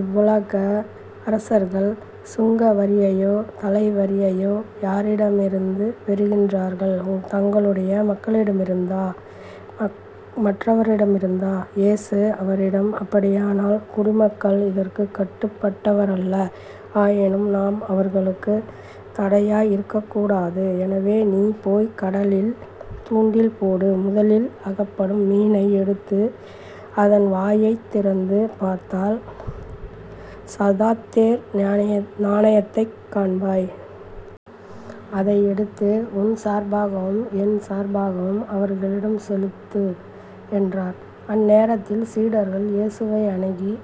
இவ்வுலக அரசர்கள் சுங்க வரியையோ தலைவரியையோ யாரிடமிருந்து பெறுகின்றார்கள்? தங்களுடைய மக்களிடமிருந்தா? மற்றவிடமிருந்தா? இயேசு அவரிடம் அப்படியானால் குடிமக்கள் இதற்குக் கட்டுப்பட்டவரல்ல. ஆயினும் நாம் அவர்களுக்கு தடையாய் இருக்கக் கூடாது. எனவே நீ போய்க் கடலில் தூண்டில் போடு முதலில் அகப்படும் மீனை எடுத்து அதன் வாயைத் திறந்து பார்த்தால் ஸதாத்தேர் நாணயத்தைக் காண்பாய். அதை எடுத்து உன் சார்பாகவும் என் சார்பாகவும் அவர்களிடம் செலுத்து என்றார். அந்நேரத்தில் சீடர்கள் இயேசுவை அணுகி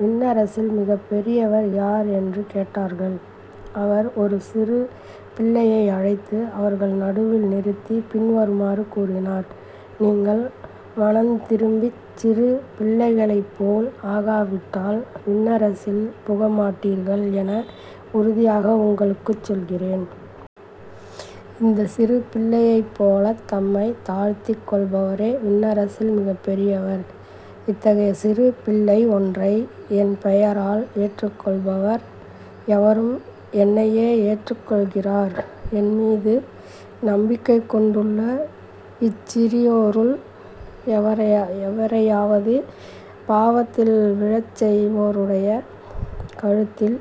விண்ணரசில் மிகப் பெரியவர் யார்? என்று கேட்டார்கள். அவர் ஒரு சிறு பிள்ளையை அழைத்து அவர்கள் நடுவில் நிறுத்தி பின்வருமாறு கூறினார் நீங்கள் மனந்திரும்பிச் சிறு பிள்ளைகளைப்போல் ஆகாவிட்டால் விண்ணரசில் புகமாட்டீர்கள் என உறுதியாக உங்களுக்குச் சொல்கிறேன். இந்தச் சிறு பிள்ளையைப்போலத் தம்மைத் தாழ்த்திக் கொள்பவரே விண்ணரசில் மிகப் பெரியவர். இத்தகைய சிறு பிள்ளை ஒன்றை என் பெயரால் ஏற்றுக்கொள்பவர் எவரும் என்னையே ஏற்றுக்கொள்கிறார். என்மீது நம்பிக்கை கொண்டுள்ள இச்சிறியோருள் எவரையாவது பாவத்தில் விழச்செய்வோருடைய கழுத்தில்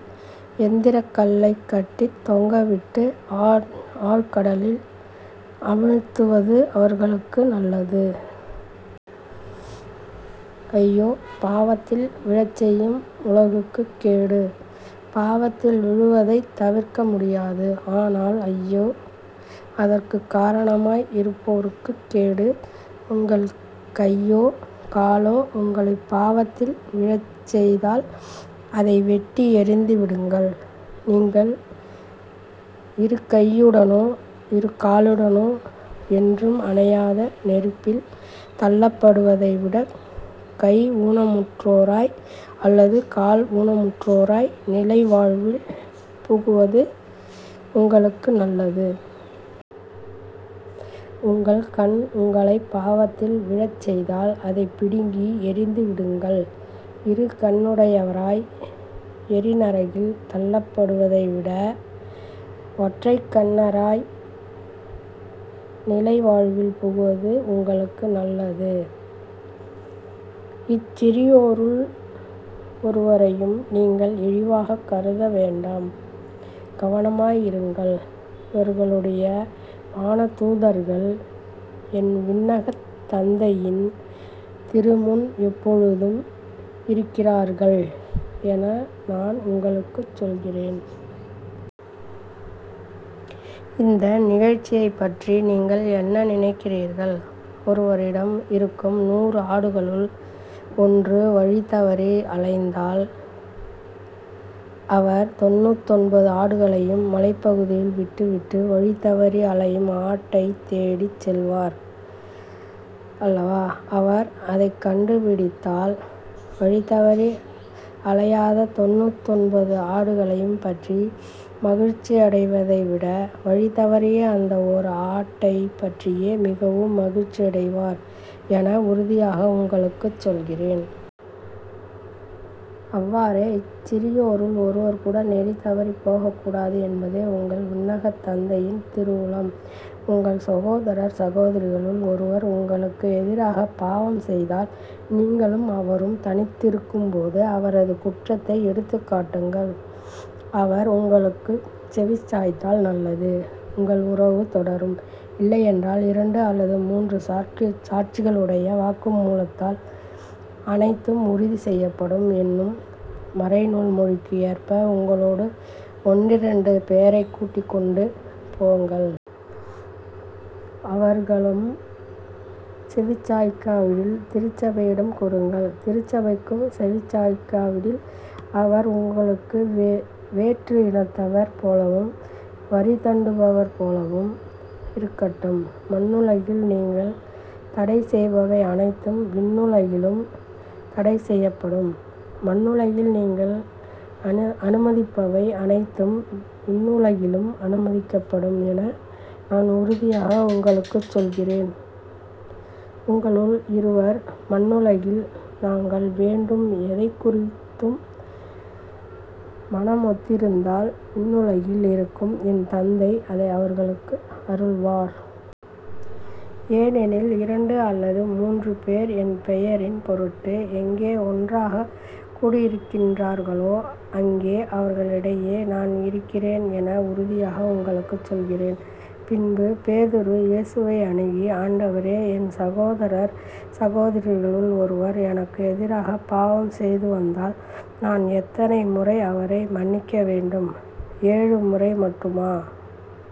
எந்திரக் கல்லைக் கட்டித் தொங்கவிட்டு ஆழ்கடலில் அமிழ்த்துவது அவர்களுக்கு நல்லது. ஐயோ. பாவத்தில் விழச்செய்யும் உலகுக்குக் கேடு. பாவத்தில் விழுவதைத் தவிர்க்க முடியாது. ஆனால் ஐயோ. அதற்குக் காரணமாய் இருப்போருக்குக் கேடு. உங்கள் கையோ காலோ உங்களைப் பாவத்தில் விழச்செய்தால் அதை வெட்டி எறிந்துவிடுங்கள். நீங்கள் இருகையுடனோ இரு காலுடனோ என்றும் அணையாத நெருப்பில் தள்ளப்படுவதைவிடக் கை ஊனமுற்றோராய் அல்லது கால் ஊனமுற்றோராய் நிலை வாழ்வில் புகுவது உங்களுக்கு நல்லது. உங்கள் கண் உங்களைப் பாவத்தில் விழச்செய்தால் அதைப் பிடுங்கி எறிந்துவிடுங்கள். இரு கண்ணுடையவராய் எரிநரகில் தள்ளப்படுவதைவிட ஒற்றைக்கண்ணராய் நிலை வாழ்வில் புகுவது உங்களுக்கு நல்லது. இச்சிறியோருள் ஒருவரையும் நீங்கள் இழிவாகக் கருதவேண்டாம் கவனமாயிருங்கள். இவர்களுடைய வானதூதர்கள் என் விண்ணகத் தந்தையின் திருமுன் எப்பொழுதும் இருக்கின்றார்கள் என நான் உங்களுக்குச் சொல்லுகிறேன். இந்த நிகழ்ச்சியைப்பற்றி நீங்கள் என்ன நினைக்கிறீர்கள்? ஒருவரிடம் இருக்கும் நூறு ஆடுகளுள் ஒன்று வழி தவறி அலைந்தால் அவர் தொண்ணூற்றொன்பது ஆடுகளையும் மலைப்பகுதியில் விட்டுவிட்டு வழிதவறி அலையும் ஆட்டைத் தேடிச் செல்வார் அல்லவா? அவர் அதைக் கண்டுபிடித்தால் வழிதவறி அலையாத தொண்ணூற்றொன்பது ஆடுகளையும் பற்றி மகிழ்ச்சியடைவதைவிட வழி தவறிய அந்த ஓர் ஆட்டைப்பற்றியே மிகவும் மகிழ்ச்சியடைவார் என உறுதியாக உங்களுக்குச் சொல்லுகிறேன். அவ்வாறே இச்சிறியோருள் ஒருவர்கூட நெறி தவறிப் போகக்கூடாது என்பதே உங்கள் விண்ணகத் தந்தையின் திருவுளம். உங்கள் சகோதரர் சகோதரிகளுள் ஒருவர் உங்களுக்கு எதிராகப் பாவம் செய்தால் நீங்களும் அவரும் தனித்திருக்கும்போது அவரது குற்றத்தை எடுத்துக்காட்டுங்கள். அவர் உங்களுக்குச் செவிசாய்த்தால் நல்லது உங்கள் உறவு தொடரும். இல்லையென்றால் இரண்டு அல்லது மூன்று சாட்சிகளுடைய வாக்குமூலத்தால் அனைத்தும் உறுதி செய்யப்படும் என்னும் மறைநூல் மொழிக்கு ஏற்ப உங்களோடு ஒன்றிரண்டு பேரைக் கூட்டிக் கொண்டு போங்கள். அவர்களுக்கும் செவிசாய்க்காவிடில் திருச்சபையிடம் கூறுங்கள். திருச்சபைக்கும் செவிசாய்க்காவிடில் அவர் உங்களுக்கு வேற்று இனத்தவர் போலவும் வரிதண்டுபவர் போலவும் இருக்கட்டும். மண்ணுலகில் நீங்கள் தடைசெய்பவை அனைத்தும் விண்ணுலகிலும் தடைசெய்யப்படும் மண்ணுலகில் நீங்கள் அனுமதிப்பவை அனைத்தும் விண்ணுலகிலும் அனுமதிக்கப்படும் என நான் உறுதியாக உங்களுக்குச் சொல்கிறேன். உங்களுள் இருவர் மண்ணுலகில் தாங்கள் வேண்டும் எதைக் குறித்தும் மனமொத்திருந்தால் விண்ணுலகில் இருக்கும் என் தந்தை அதை அவர்களுக்கு அருள்வார். ஏனெனில் இரண்டு அல்லது முன்று பேர் என் பெயரின் பொருட்டு எங்கே ஒன்றாகக் கூடியிருக்கின்றார்களோ அங்கே அவர்களிடையே நான் இருக்கிறேன் என உறுதியாக உங்களுக்கு சொல்கிறேன். பின்பு பேதுரு இயேசுவை அணுகி ஆண்டவரே என் சகோதரர் சகோதரிகளுள் ஒருவர் எனக்கு எதிராகப் பாவம் செய்துவந்தால் நான் எத்தனை முறை அவரை மன்னிக்க வேண்டும்? ஏழு முறை மட்டுமா?